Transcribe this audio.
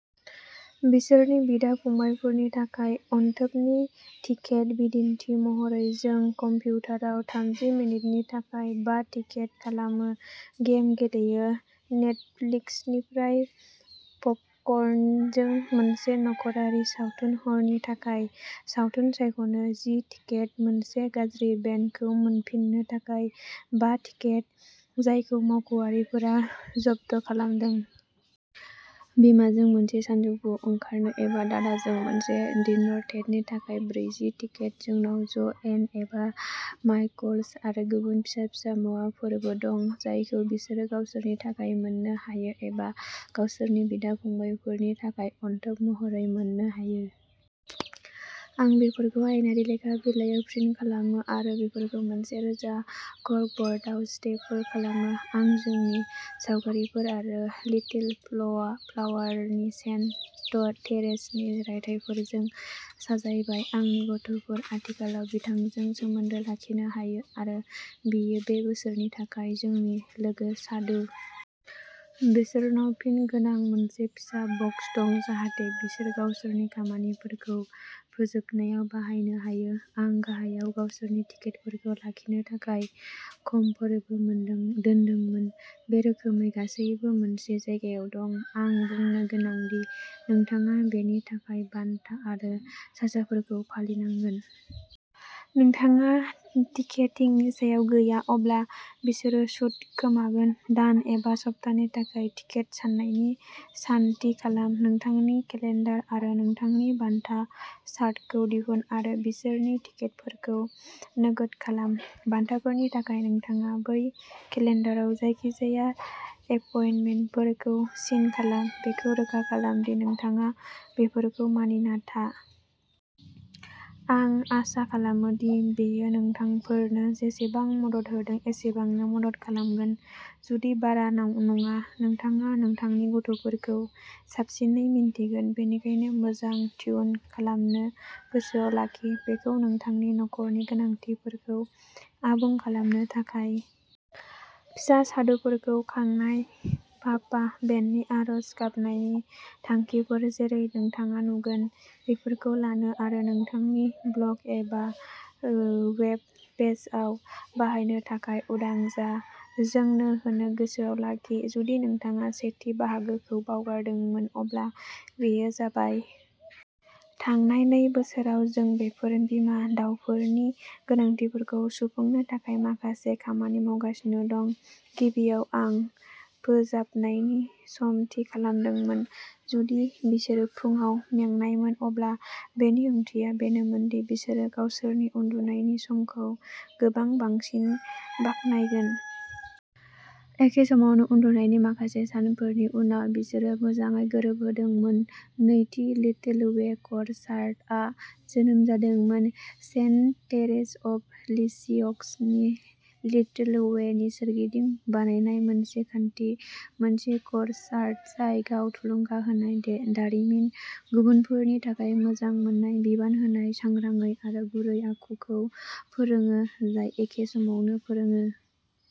बिसोरनि बिदा-फंबायफोरनि थाखाय अनथोबनि टिकेट। बिदिन्थि महरै, जों कम्पिउटाराव थामजि मिनिटनि थाखाय बा टिकेट खालामो गेम गेलेयो। नेटफ्लिक्सनिफ्राय पपकर्नजों मोनसे नख'रारि सावथुन हरनि थाखाय सावथुन सायख'नो जि टिकेट। मोनसे गाज्रि बेन्डखौ मोनफिन्नो थाखाय बा टिकेट जायखौ मावख'आरिफोरा जब्द खालामदों। बिमाजों मोनसे सानजौफु ओंखारनो एबा दादाजों मोनसे डिनर डेटनि थाखाय ब्रैजि टिकेट। जोंनाव ज' एन एबा माइकल्स आरो गुबुन फिसा-फिसा मुवाफोरबो दं जायखौ बिसोरो गावसोरनि थाखाय मोननो हायो एबा गावसोरनि बिदा-फंबायफोरनि थाखाय अनथोब महरै मोननो हायो। आं बेफोरखौ आयेनारि लेखा बिलायाव प्रिन्ट खालामो आरो बेफोरखौ मोनसे रोजा कर्कब'र्डआव स्टेपोल खालामो। आं जोंनि सावगारिफोर आरो लिटिल फ्लया फ्लावरनि सेन्ट थ' थेरेसनि रायथाइफोरजों साजायबाय। आंनि गथ'फोर आथिखालाव बिथांजों सोमोन्दो लाखिनो हायो आरो बियो बे बोसोरनि थाखाय जोंनि लोगो साधु। बिसोरनाव पिन गोनां मोनसे फिसा बक्स दं, जाहाथे बिसोर गावसोरनि खामानिफोरखौ फोजोबनायाव बाहायनो हायो। आं गाहायाव गावसोरनि टिकेटफोरखौ लाखिनो थाखाय खमफोरबो मोनदों दोन्दोंमोन। बे रोखोमै गासैबो मोनसे जायगायाव दं। आं बुंनो गोनां दि नोंथाङा बेनि थाखाय बान्था आरो साजाफोरखौ फालिनांगोन। नोंथाङा टिकेटिंनि सायाव गैया, अब्ला बिसोरो सुद खोमागोन। दान एबा सप्तानि थाखाय टिकेट सान्नायनि सान थि खालाम। नोंथांनि केलेन्डार आरो नोंथांनि बान्था चार्टखौ दिहुन आरो बिसोरनि टिकेटफोरखौ नोगोद खालाम। बान्थाफोरनि थाखाय नोंथाङा बै केलेन्डाराव जायखिजाया एपइन्टमेन्टफोरखौ सिन खालाम, बेखौ रोखा खालाम दि नोंथाङा बेफोरखौ मानिना था। आं आसा खालामो दि बेयो नोंथांफोरनो जेसेबां मदद होदों एसेबांनो मदद खालामगोन, जुदि बारा नाव नङा। नोंथाङा नोंथांनि गथ'फोरखौ साबसिनै मिन्थिगोन, बेनिखायनो मोजां टिउन खालामनो गोसोआव लाखि। बेखौ नोंथांनि नखरनि गोनांथिफोरखौ आबुं खालामनो थाखाय। फिसा साधुफोरखौ खांनाय पापा बेननि आरज गाबनायनि थांखिफोर जेरै नोंथाङा नुगोन। बेफोरखौ लानो आरो नोंथांनि ब्लग एबा ओ वेब पेजआव बाहायनो थाखाय उदां जा, जोंनो होनो गोसोआव लाखि जुदि नोंथाङा सेथि बाहागोखौ बावगारदोंमोन, अब्ला बेयो जाबाय -- थांनाय नै बोसोराव जों बेफोर बिमा दावफोरनि गोनांथिफोरखौ सुफुंनो थाखाय माखासे खामानि मावगासिनो दं। गिबियाव, आं फोजाबनायनि सम थि खालामदोंमोन। जुदि बिसोरो फुंआव मेंनायमोन, अब्ला बेनि ओंथिया बेनोमोन दि बिसोरो गावसोरनि उन्दुनायनि समखौ गोबां बांसिन बाख्नायगोन। एखे समावनो उन्दुनायनि माखासे सानफोरनि उनाव, बिसोरो मोजाङै गोरोबहोदोंमोन। नैथि, लिटिल वे कर चार्टआ जोनोम जादोंमोन सेन्ट थेरेस अफ लिसिअक्सनि लिटिल वेनि सोरगिदिं बानायनाय मोनसे खान्थि। मोनसे कर चार्ट जाय गाव थुलुंगा होनाय दे दारिमिन, गुबुनफोरनि थाखाय मोजां मोननाय, बिबान होनाय, सांग्राङै आरो गुरै आखुखौ फोरोंङो, जाय एखे समावनो फोरोंङो।